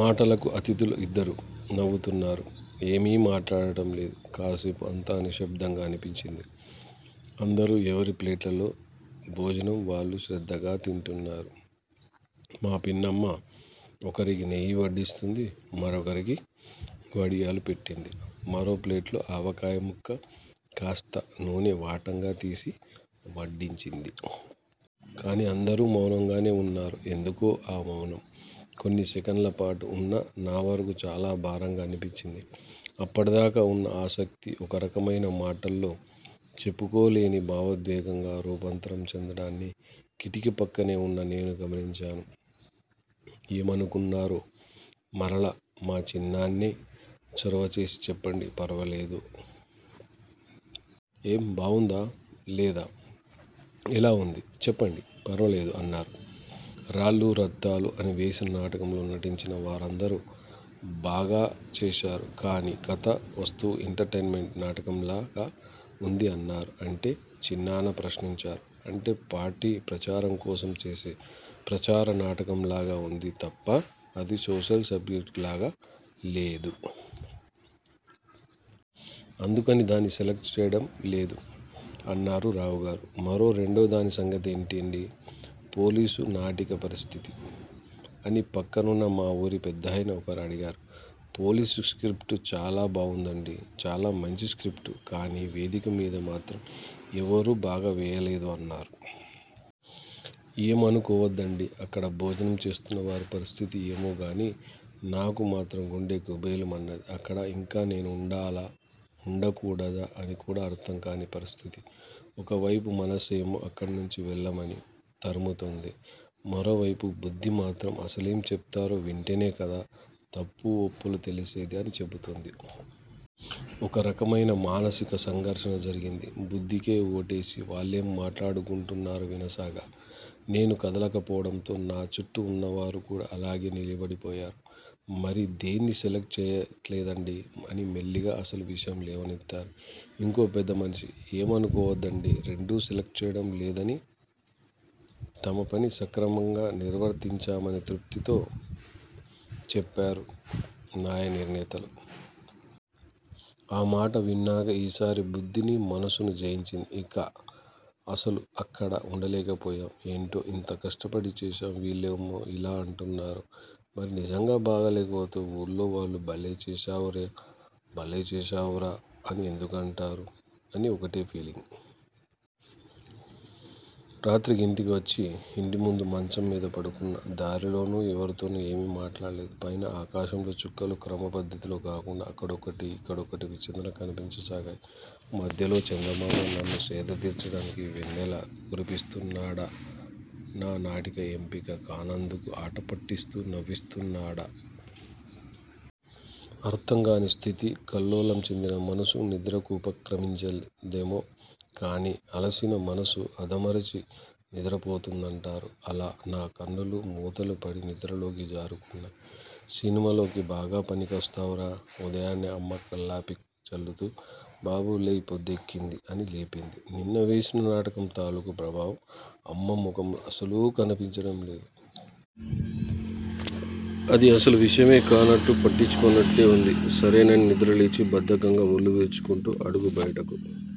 మాటలకు అతిథులు ఇద్దరు నవ్వుతున్నారు. ఏమీ మాట్లాడటం లేదు. కాసేపు అంతా నిశ్శబ్దంగా అనిపించింది. అందరూ ఎవరి ప్లేట్లలో భోజనం వాళ్లు శ్రద్ధగా తింటున్నారు. మా పిన్నమ్మ ఒకరికి నెయ్యి వడ్డిస్తోంది. మరొకరికి వడియాలు పెట్టింది. మరో ప్లేట్లో ఆవకాయ ముక్క కాస్త నూనె వాటంగా తీసి వడ్డించింది. కానీ అందరూ మౌనంగానే ఉన్నారు. ఎందుకో ఆ మౌనం కొన్ని సెకన్లపాటే ఉన్నా నా వరకు చాలా భారంగా అనిపించింది. అప్పటి దాకా ఉన్న ఆసక్తి ఒక రకమైన మాటల్లో చెప్పుకోలేని భావోద్వేగంగా రూపాంతరం చెందడాన్ని కిటికీ పక్కనే ఉన్న నేను గమనించాను. ఏమనుకున్నారో మరలా మా చిన్నాన్నే చొరవ చేసి చెప్పండి ఫర్వాలేదు. ఏం బావుందా? లేదా? ఎలా ఉంది? చెప్పండి ఫర్లేదు అన్నారు. రాళ్లు రత్తాలు అని వేసిన నాటకంలో నటించిన వారందరూ బాగా చేశారు. కానీ కథా వస్తువు ఎంటర్టైనమెంట్ నాటకంలాగా ఉంది అన్నారు. అంటే? చిన్నాన్న ప్రశ్నించారు. 'అంటే పార్టీ ప్రచారంకోసం చేసే ప్రచార నాటకం లాగా ఉంది తప్ప, అది సోషల్ సబ్జెక్ట్లాగా లేదు. అందుకని దాన్ని సెలక్ట్ చేయడం లేదు అన్నారు రావుగారు. మరి రెండోదాని సంగతేంటండీ? 'పోలీసు' నాటిక పరిస్థితి? ' అని పక్కనున్న మా ఊరి పెద్దాయన ఒకరు అడిగారు పోలీస్ స్క్రిప్ట్ చాలా బావుందండీ. చాలా మంచి స్క్రిప్ట్. కానీ వేదిక మీద మాత్రం ఎవరూ బాగా వేయలేదు అన్నారు. ఏమనుకోవద్దండీ! అక్కడ భోజనం చేస్తున్న వారి పరిస్థితి ఏమోగానీ నాకు మాత్రం గుండె గుభేలు మన్నది. అక్కడ ఇంక నేను ఉండాలా? ఉండ కూడదా? అని కూడా అర్థం కాని పరిస్థితి. ఒకవైపు మనసేమో అక్కడి నుంచి వెళ్లమని తరుముతోంది. మరోవైపు బుద్ధిమాత్రం అసలేం చెప్తారో వింటేనే కదా తప్పు ఒప్పులు తెలిసేది అని చెబుతోంది. ఒక రకమైన మానసిక సంఘర్షణ జరిగింది. బుద్ధికే ఓటేసి, వాళ్లేం మాట్లాడుకుంటున్నారో వినసాగా. నేను కదలకపోవడంతో, నా చుట్టూ ఉన్నవారు కూడా అలాగే నిలబడిపోయారు. మరి దేన్నీ సెలక్ట్ చేయట్లేదాండీ అని మెల్లిగా అసలు విషయం లేవనెత్తారు ఇంకో పెద్దమనిషి. ఏమనుకోవద్దండీ రెండూ సెలక్ట్ చేయడం లేద అని తమ పని సక్రమంగా నిర్వర్తించామనే తృప్తితో చెప్పారు న్యాయ నిర్ణేతలు. ఆ మాట విన్నాక ఈ సారి బుద్ధిని మనసు జయించింది. ఇంక అసలు అక్కడ ఉండలేక పోయాం. ఏంటో ఇంత కష్టపడి చేశాం. వీళ్లేమో ఇలా అంటున్నారు. మరి నిజంగా బాగా లేకపోతే ఊళ్లో వాళ్లు భలే చేశావురా భలే చేశావురా అని ఎందుకంటారు?.. అని ఒకటే ఫీలింగ్. రాత్రి ఇంటికి వచ్చి ఇంటి ముందు మంచం మీద పడుకున్నా. దారిలోనూ ఎవరి తోనూ ఏమీ మాట్లాడ లేదు. పైన ఆకాశంలో చుక్కలు క్రమ పద్ధతిలో కాకుండా అక్కడొక్కటి, ఇక్కడొకటి విచిత్రంగా కనిపించసాగాయి. మధ్యలో చందమామ నన్ను సేద తీర్చడానికి వెన్నెల కురిపిస్తున్నాడా? నా నాటిక ఎంపిక కానందుకు ఆట పట్టిస్తూ నవ్విస్తున్నాడా? అర్థంకాని స్థితి. కల్లోలం చెందిన మనసు నిద్రకు ఉపక్రమించదేమో కానీ, అలసిన మనసు ఆదమరచి నిద్రపోతుందంటారు. అలా నా కన్నులు మూతలు పడి నిద్రలోకి జారుకున్నాయి. సినిమాల్లోకి బాగా పనికొస్తావురా ఉదయాన్నే అమ్మ కల్లాపి చల్లుతూ బాబూ లేయ్ పొద్దెక్కింది అని లేపింది. నిన్న వేసిన నాటకం తాలుకు ప్రభావం అమ్మ ముఖంలో అసలు కనిపించడం లేదు. అది అసలు విషయమే కానట్టు, పట్టించుకోనట్టే ఉంది. సరేనని నిద్రలేచి బద్ధకంగా ఒళ్లు విరుచుకుంటూ అడుగు బయటకు